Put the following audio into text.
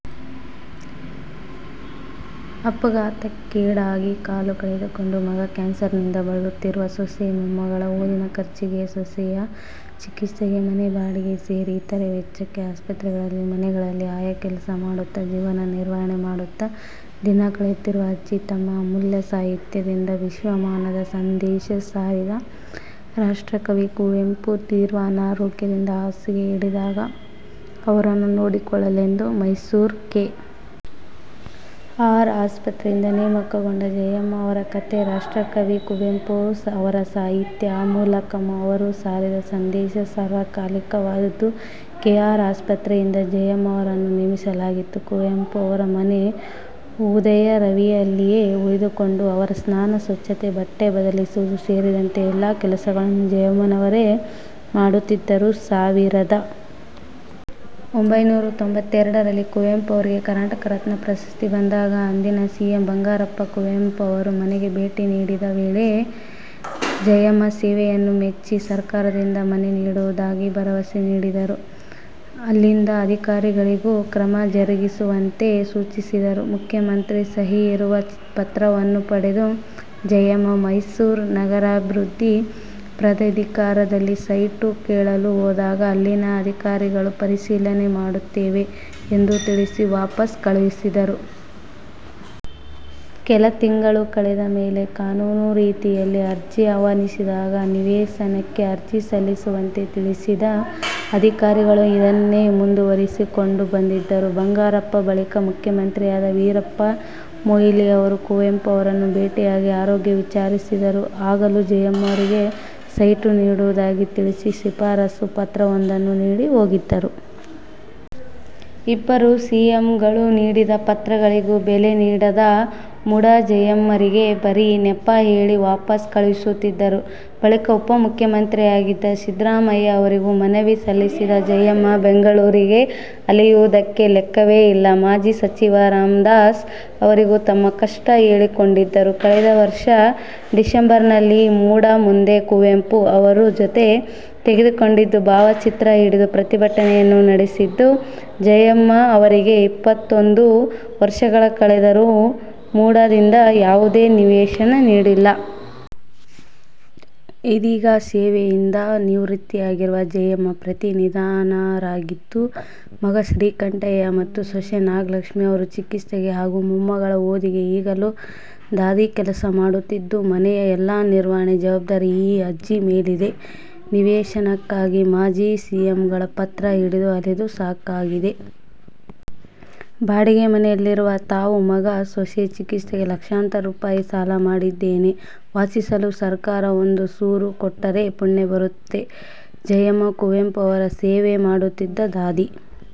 ಅಪಘಾತಕ್ಕೀಡಾಗಿ ಕಾಲು ಕಳೆದುಕೊಂಡ ಮಗ, ಕ್ಯಾನ್ಸರ್ನಿಂದ ಬಳಲುತ್ತಿರುವ ಸೊಸೆ, ಮೊಮ್ಮಗಳ ಓದಿನ ಖರ್ಚಿಗೆ, ಸೊಸೆಯ ಚಿಕಿತ್ಸೆಗೆ ಮನೆ ಬಾಡಿಗೆ ಸೇರಿ ಇತರೆ ವೆಚ್ಚಕ್ಕೆ ಆಸ್ಪತ್ರೆಗಳಲ್ಲಿ, ಮನೆಗಳಲ್ಲಿ ಆಯಾ ಕೆಲಸ ಮಾಡುತ್ತಾ ಜೀವನ ನಿರ್ವಹಣೆ ಮಾಡುತ್ತಾ ದಿನ ಕಳೆಯುತ್ತಿರುವ ಅಜ್ಜಿ ತಮ್ಮ ಅಮೂಲ್ಯ ಸಾಹಿತ್ಯದಿಂದ ವಿಶ್ವಮಾನವ ಸಂದೇಶ ಸಾರಿದ ರಾಷ್ಟ್ರಕವಿ ಕುವೆಂಪು ತೀವ್ರ ಅನಾರೋಗ್ಯದಿಂದ ಹಾಸಿಗೆ ಹಿಡಿದಾಗ ಅವರನ್ನು ನೋಡಿಕೊಳ್ಳಲೆಂದು ಮೈಸೂರು ಕೆ. ಆರ್. ಆಸ್ಪತ್ರೆಯಿಂದ ನೇಮಕಗೊಂಡ ಜಯಮ್ಮ ಅವರ ಕಥೆ. ರಾಷ್ಟ್ರಕವಿ ಕುವೆಂಪು ಅವರ ಸಾಹಿತ್ಯ, ಆ ಮೂಲಕ ಅವರು ಸಾರಿದ ಸಂದೇಶ ಸಾರ್ವಕಾಲಿಕವಾದುದು. ಕೆ.ಆರ್. ಆಸ್ಪತ್ರೆಯಿಂದ ಜಯಮ್ಮರನ್ನು ನೇಮಿಸಲಾಗಿತ್ತು. ಕುವೆಂಪು ಅವರ ಮನೆ ಉದಯರವಿಯಲ್ಲಿಯೇ ಉಳಿದುಕೊಂಡು ಅವರ ಸ್ನಾನ, ಸ್ವಚ್ಛತೆ, ಬಟ್ಟೆ ಬದಲಿಸುವುದು ಸೇರಿದಂತೆ ಎಲ್ಲಾ ಕೆಲಸಗಳನ್ನು ಜಯಮ್ಮನವರೇ ಮಾಡುತ್ತಿದ್ದರು. ಸಾವಿರದ ಒಂಬೈನೂರ ತೊಂಬತ್ತೆರಡರಲ್ಲಿ ಕುವೆಂಪು ಅವರಿಗೆ ಕರ್ನಾಟಕ ರತ್ನ ಪ್ರಶಸ್ತಿ ಬಂದಾಗ ಅಂದಿನ ಸಿಎಂ ಬಂಗಾರಪ್ಪ ಕುವೆಂಪು ಅವರ ಮನೆಗೆ ಭೇಟಿ ನೀಡಿದ್ದ ವೇಳೆ ಜಯಮ್ಮ ಸೇವೆಯನ್ನು ಮೆಚ್ಚಿ ಸರ್ಕಾರದಿಂದ ಮನೆ ನೀಡುವುದಾಗಿ ಭರವಸೆ ನೀಡಿದ್ದರು. ಅಲ್ಲಿದ್ದ ಅಧಿಕಾರಿಗಳಿಗೂ ಕ್ರಮ ಜರುಗಿಸುವಂತೆ ಸೂಚಿಸಿದ್ದರು. ಮುಖ್ಯಮಂತ್ರಿ ಸಹಿ ಇರುವ ಪತ್ರವನ್ನು ಪಡೆದ ಜಯಮ್ಮ ಮೈಸೂರು ನಗರಾಭಿವೃದ್ಧಿ ಪ್ರಾಧಿಕಾರದಲ್ಲಿ ಸೈಟು ಕೇಳಲು ಹೋದಾಗ ಅಲ್ಲಿನ ಅಧಿಕಾರಿಗಳು ಪರಿಶೀಲನೆ ಮಾಡುತ್ತೇವೆ ಎಂದು ತಿಳಿಸಿ ವಾಪಸ್ ಕಳುಹಿಸಿದ್ದರು. ಕೆಲ ತಿಂಗಳು ಕಳೆದ ಮೇಲೆ ಕಾನೂನು ರೀತಿಯಲ್ಲಿ ಅರ್ಜಿ ಆಹ್ವಾನಿಸಿದಾಗ ನಿವೇಶನಕ್ಕೆ ಅರ್ಜಿ ಸಲ್ಲಿಸುವಂತೆ ತಿಳಿಸಿದ್ದ ಅಧಿಕಾರಿಗಳು ಇದನ್ನೇ ಮುಂದುವರಿಸಿಕೊಂಡು ಬಂದಿದ್ದರು. ಬಂಗಾರಪ್ಪ ಬಳಿಕ ಮುಖ್ಯಮಂತ್ರಿಯಾದ ವೀರಪ್ಪ ಮೊಯ್ಲಿಯವರು ಕುವೆಂಪು ಅವರನ್ನು ಭೇಟಿಯಾಗಿ ಆರೋಗ್ಯ ವಿಚಾರಿಸಿದ್ದರು. ಆಗಲೂ ಜಯಮ್ಮರಿಗೆ ಸೈಟು ನೀಡುವುದಾಗಿ ತಿಳಿಸಿ ಶಿಫಾರಸು ಪತ್ರವೊಂದನ್ನು ನೀಡಿ ಹೋಗಿದ್ದರು. ಇಬ್ಬರು ಸಿಎಂಗಳು ನೀಡಿದ ಪತ್ರಗಳಿಗೂ ಬೆಲೆ ನೀಡದ ಮುಡಾ ಜಯಮ್ಮರಿಗೆ ಬರೀ ನೆಪ ಹೇಳಿ ವಾಪಸ್ ಕಳುಹಿಸುತ್ತಿದ್ದರು. ಬಳಿಕ ಉಪ ಮುಖ್ಯಮಂತ್ರಿಯಾಗಿದ್ದ ಸಿದ್ಧರಾಮಯ್ಯ ಅವರಿಗೂ ಮನವಿ ಸಲ್ಲಿಸಿದ ಜಯಮ್ಮ ಬೆಂಗಳೂರಿಗೆ ಅಲೆದಿರುವುದಕ್ಕೆ ಲೆಕ್ಕವೇ ಇಲ್ಲ. ಮಾಜಿ ಸಚಿವ ರಾಮ್ದಾಸ್ ಅವರಿಗೂ ತಮ್ಮ ಕಷ್ಟ ಹೇಳಿಕೊಂಡಿದ್ದರು. ಕಳೆದ ವರ್ಷ ಡಿಸೆಂಬರ್ನಲ್ಲಿ ಮುಡಾ ಮುಂದೆ ಕುವೆಂಪು ಅವರ ಜತೆ ತೆಗೆಸಿಕೊಂಡಿದ್ದ ಭಾವಚಿತ್ರ ಹಿಡಿದು ಪ್ರತಿಭಟನೆಯನ್ನು ನಡೆಸಿದ್ದ ಜಯಮ್ಮ ಅವರಿಗೆ ಇಪ್ಪತ್ತೊಂದು ವರ್ಷಗಳು ಕಳೆದರೂ ಮುಡಾದಿಂದ ಯಾವುದೇ ನಿವೇಶನ ನೀಡಿಲ್ಲ. ಇದೀಗ ಸೇವೆಯಿಂದ ನಿವೃತ್ತಿಯಾಗಿರುವ ಜಯಮ್ಮ ಪತಿ ನಿಧನರಾಗಿದ್ದು, ಮಗ ಶ್ರೀಕಂಠಯ್ಯ ಮತ್ತು ಸೊಸೆ ನಾಗಲಕ್ಷ್ಮಿ ಅವರ ಚಿಕಿತ್ಸೆಗೆ ಹಾಗೂ ಮೊಮ್ಮಗಳ ಓದಿಗೆ ಈಗಲೂ ದಾದಿ ಕೆಲಸ ಮಾಡುತ್ತಿದ್ದು, ಮನೆಯ ಎಲ್ಲಾ ನಿರ್ವಹಣೆ ಜವಾಬ್ದಾರಿ ಈ ಅಜ್ಜಿ ಮೇಲಿದೆ. ನಿವೇಶನಕ್ಕಾಗಿ ಮಾಜಿ ಸಿಎಂಗಳ ಪತ್ರ ಹಿಡಿದು ಅಲೆದು ಸಾಕಾಗಿದೆ. ಬಾಡಿಗೆ ಮನೆಯಲ್ಲಿರುವ ತಾವು ಮಗ ಸೊಸೆ ಚಿಕಿತ್ಸೆಗೆ ಲಕ್ಷಾಂತರ ರೂಪಾಯಿ ಸಾಲ ಮಾಡಿದ್ದೇನೆ. ವಾಸಿಸಲು ಸರಕಾರ ಒಂದು ಸೂರು ಕೊಟ್ಟರೆ ಪುಣ್ಯ ಬರುತ್ತದೆ. ಜಯಮ್ಮ, ಕುವೆಂಪು ಅವರ ಸೇವೆ ಮಾಡುತ್ತಿದ್ದ ದಾದಿ.